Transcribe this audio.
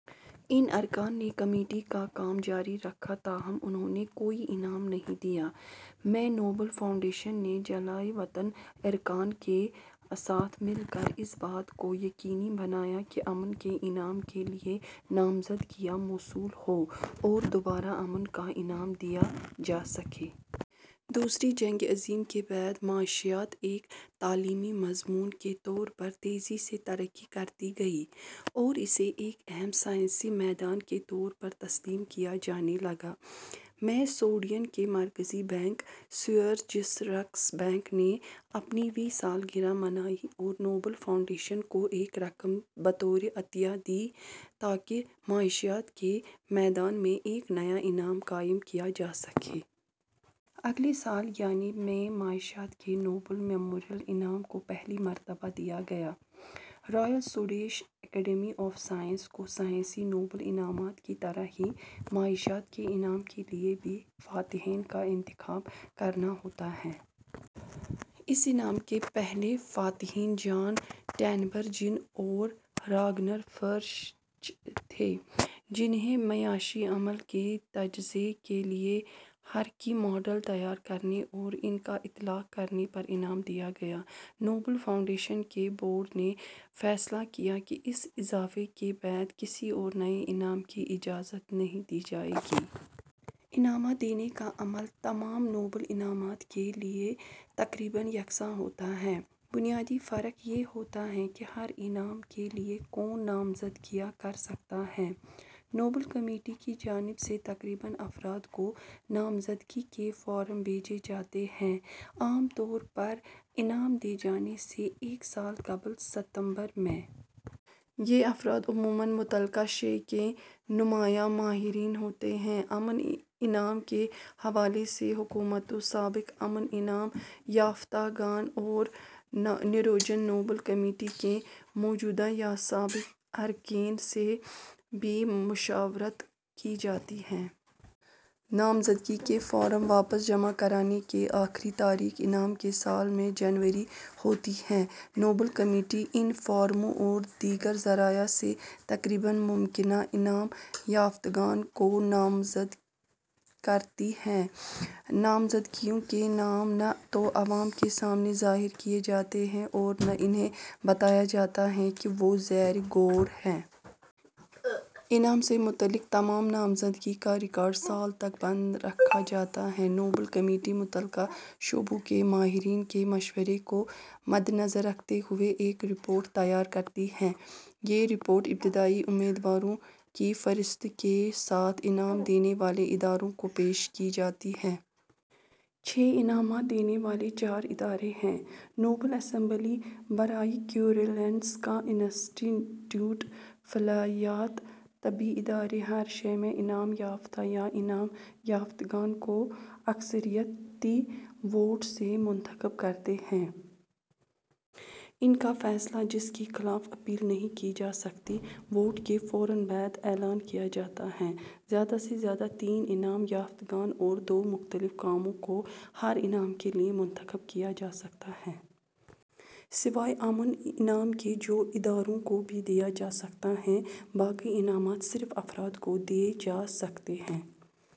ان ارکان نے کمیٹی کا کام جاری رکھا، تاہم انھوں نے کوئی انعام نہیں دیا۔ میں، نوبل فاؤنڈیشن نے جلا وطن ارکان کے ساتھ مل کر اس بات کو یقینی بنایا کہ امن کے انعام کے لیے نامزدگیاں موصول ہوں اور دوبارہ امن کا انعام دیا جا سکے۔ دوسری جنگ عظیم کے بعد، معاشیات ایک تعلیمی مضمون کے طور پر تیزی سے ترقی کرتی گئی اور اسے ایک اہم سائنسی میدان کے طور پر تسلیم کیا جانے لگا۔ میں، سویڈن کے مرکزی بینک " سیورجس رکس بینک " نے اپنی ویں سالگرہ منائی اور نوبل فاونڈیشن کو ایک رقم بطور عطیہ دی تاکہ معاشیات کے میدان میں ایک نیا انعام قائم کیا جا سکے۔ اگلے سال، یعنی میں، " معاشیات کے نوبل میموریل انعام " کو پہلی مرتبہ دیا گیا۔ " Royal Swedish Academy of Sciences " کو سائنسی نوبل انعامات کی طرح ہی معاشیات کے انعام کے لیے بھی فاتحین کا انتخاب کرنا ہوتا ہے۔ اس انعام کے پہلے فاتحین جان ٹنبرجن اور راگنرفرشچ تھے، جنھیں "معاشی عمل کے تجزیے کے لیے حرکی ماڈل تیار کرنے اور ان کا اطلاق کرنے" پر انعام دیا گیا۔ نوبل فاؤنڈیشن کے بورڈ نے فیصلہ کیا کہ اس اضافے کے بعد کسی اور نئے انعام کی اجازت نہیں دی جائے گی۔ انعامات دینے کا عمل تمام نوبل انعامات کے لیے تقریباً یکساں ہوتا ہے، بنیادی فرق یہ ہوتا ہے کہ ہر انعام کے لیے کون نامزدگیاں کر سکتا ہے۔ نوبل کمیٹی کی جانب سے تقریباً افراد کو نامزدگی کے فارم بھیجے جاتے ہیں، عام طور پر انعام دیے جانے سے ایک سال قبل ستمبر میں۔ یہ افراد عموماً متعلقہ شعبے کے نمایاں ماہرین ہوتے ہیں۔ امن انعام کے حوالے سے حکومتوں، سابق امن انعام یافتگان اور نارویجن نوبل کمیٹی کے موجودہ یا سابق اراکین سے بھی مشاورت کی جاتی ہے۔ نامزدگی کے فارم واپس جمع کرانے کی آخری تاریخ انعام کے سال میں جنوری ہوتی ہے۔ نوبل کمیٹی ان فارموں اور دیگر ذرائع سے تقریباً ممکنہ انعام یافتگان کو نامزد کرتی ہے۔ نامزدگیوں کے نام نہ تو عوام کے سامنے ظاہر کیے جاتے ہیں اور نہ انھیں بتایا جاتا ہے کہ وہ زیر غور ہیں۔ انعام سے متعلق تمام نامزدگی کا ریکارڈ سال تک بند رکھا جاتا ہے۔ نوبل کمیٹی متعلقہ شعبوں کے ماہرین کے مشورے کو مدنظر رکھتے ہوئے ایک رپورٹ تیار کرتی ہے۔ یہ رپورٹ، ابتدائی امیدواروں کی فہرست کے ساتھ، انعام دینے والے اداروں کو پیش کی جاتی ہے۔ چھ انعامات دینے والے چار ادارے ہیں:۔ نوبل اسمبلی برائے کیرولنسکا انسٹی ٹیوٹ – فعلیات / طب ادارے ہر شعبے میں انعام یافتہ یا انعام یافتگان کو اکثریتی ووٹ سے منتخب کرتے ہیں۔ ان کا فیصلہ، جس کے خلاف اپیل نہیں کی جا سکتی، ووٹ کے فوراً بعد اعلان کیا جاتا ہے۔ زیادہ سے زیادہ تین انعام یافتگان اور دو مختلف کاموں کو ہر انعام کے لیے منتخب کیا جا سکتا ہے۔ سوائے امن انعام کے، جو اداروں کو بھی دیا جا سکتا ہے، باقی انعامات صرف افراد کو دیے جا سکتے ہیں۔